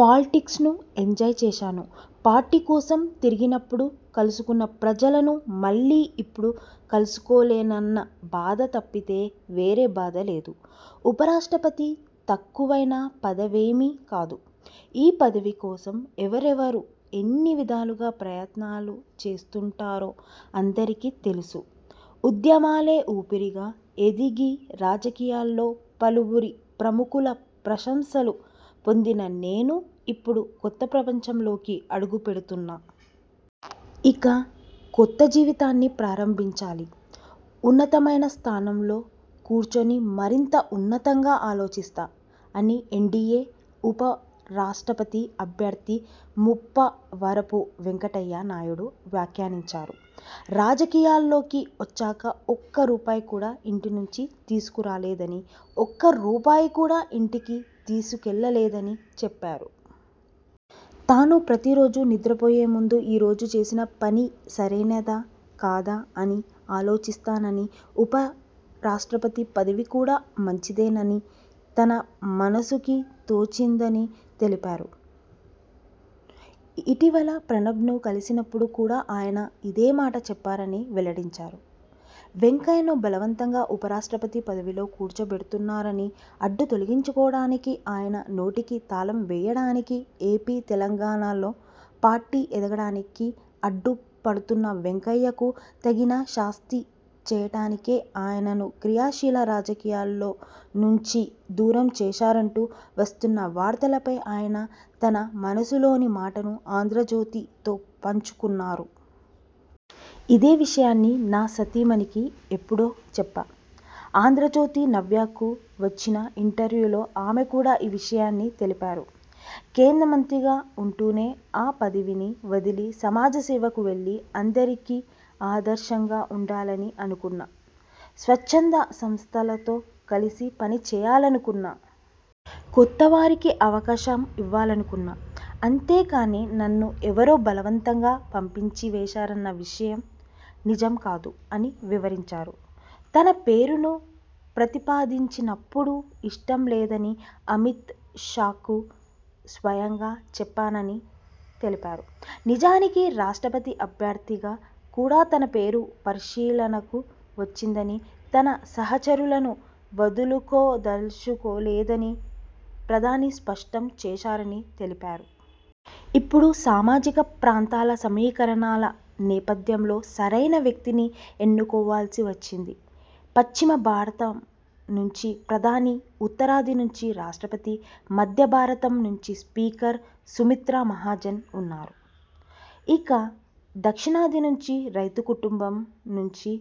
Politics ను enjoy చేశాను. Party కోసం తిరిగినప్పుడు కలుసుకున్న ప్రజలను మళ్లీ ఇప్పుడు కలుసుకోలేనన్న బాధ తప్పితే వేరే బాధ లేదు. ఉప రాష్ట్రపతి తక్కువైన పదవేమీ కాదు. ఈ పదవి కోసం ఎవరెవరు ఎన్ని విధాలుగా ప్రయత్నాలు చేస్తుంటారో అందరికీ తెలుసు. ఉద్యమాలే ఊపిరిగా ఎదిగి, రాజకీయాల్లో పలువురి ప్రముఖుల ప్రశంసలు పొందిన నేను ఇప్పుడు కొత్త ప్రపంచంలోకి అడుగు పెడుతున్నా. ఇక కొత్త జీవితాన్ని ప్రారంభించాలి. ఉన్నతమైన స్థానంలో కూర్చొని మరింత ఉన్నతంగా ఆలోచిస్తా'' అని ఎన్డీయే ఉప రాష్ట్రపతి అభ్యర్థి ముప్పవరపు వెంకయ్య నాయుడు వ్యాఖ్యానించారు. రాజకీయాల్లోకి వచ్చాక ఒక్క రూపాయి కూడా ఇంటి నుంచి తీసుకురాలేదని, ఒక్క రూపాయి కూడా ఇంటికి తీసుకెళ్లలేదని చెప్పారు. తాను ప్రతిరోజూ నిద్రపోయే ముందు ఈరోజు చేసిన పని సరైనదా? కాదా? అని ఆలోచిస్తానని, ఉప రాష్ట్రపతి పదవి కూడా మంచిదేనని తన మనసుకి తోచిందని తెలిపారు. ఇటీవల ప్రణబ్ను కలిసినప్పుడు కూడా ఆయన ఇదే మాట చెప్పారని వెల్లడించారు. వెంకయ్యను బలవంతంగా ఉప రాష్ట్రపతి పదవిలో కూర్చోబెడుతున్నారని, అడ్డు తొలగించుకోవడానికి, ఆయన నోటికి తాళం వేయడానికి, ఏపీ, తెలంగాణల్లో పార్టీ ఎదగడానికి అడ్డు పడుతున్న వెంకయ్యకు తగిన శాస్తి చేయడానికే ఆయనను క్రియాశీల రాజకీయాల్లో నుంచి దూరం చేశారంటూ వస్తున్న వార్తలపై ఆయన తన మనసులోని మాటను 'ఆంధ్రజ్యోతి'తో పంచుకున్నారు. ఇదే విషయాన్ని నా సతీమణికి ఎప్పుడో చెప్పా. 'ఆంధ్రజ్యోతి' నవ్యకు ఇచ్చిన ఇంటర్యూలో ఆమె కూడా ఈ విషయాన్ని తెలిపారు. కేంద్ర మంత్రిగా ఉంటూనే ఆ పదవిని వదిలి సమాజ సేవకు వెళ్లి అందరికీ ఆదర్శంగా ఉండాలని అనుకున్నా. స్వచ్ఛంద సంస్థలతో కలిసి పని చేయాలనుకున్నా. కొత్తవారికి అవకాశం ఇవ్వాలనుకున్నా. అంతేకానీ, నన్ను ఎవరో బలవంతంగా పంపించి వేశారన్న విషయం నిజం కాదు'' అని వివరించారు. తన పేరును ప్రతిపాదించినప్పుడు ఇష్టం లేదని అమిత్ షాకు స్వయంగా చెప్పానని తెలిపారు. నిజానికి రాష్ట్రపతి అభ్యర్థిగా కూడా తన పేరు పరిశీలనకు వచ్చిందని, తన సహచరులను వదులుకోదలచుకోలేదని ప్రధాని స్పష్టం చేశారని తెలిపారు. ''ఇప్పుడు సామాజిక, ప్రాంతాల సమీకరణాల నేపథ్యంలో సరైన వ్యక్తిని ఎన్నుకోవాల్సి వచ్చింది. పశ్చిమ భారతం నుంచి ప్రధాని, ఉత్తరాది నుంచి రాష్ట్రపతి, మధ్య భారతం నుంచి స్పీకర్ సుమిత్రా మహాజన్ ఉన్నారు. ఇక దక్షిణాది నుంచి రైతు కుటుంబం నుంచి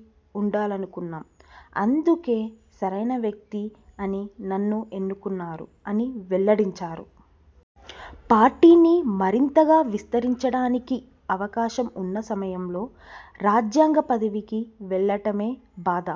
ఉండాలనుకున్నాం. అందుకే సరైన వ్యక్తి అని నన్ను ఎన్నుకున్నారు'' అని వెల్లడించారు. పార్టీని మరింతగా విస్తరించడానికి అవకాశం ఉన్న సమయంలో రాజ్యాంగ పదవికి వెళ్లడమే బాధ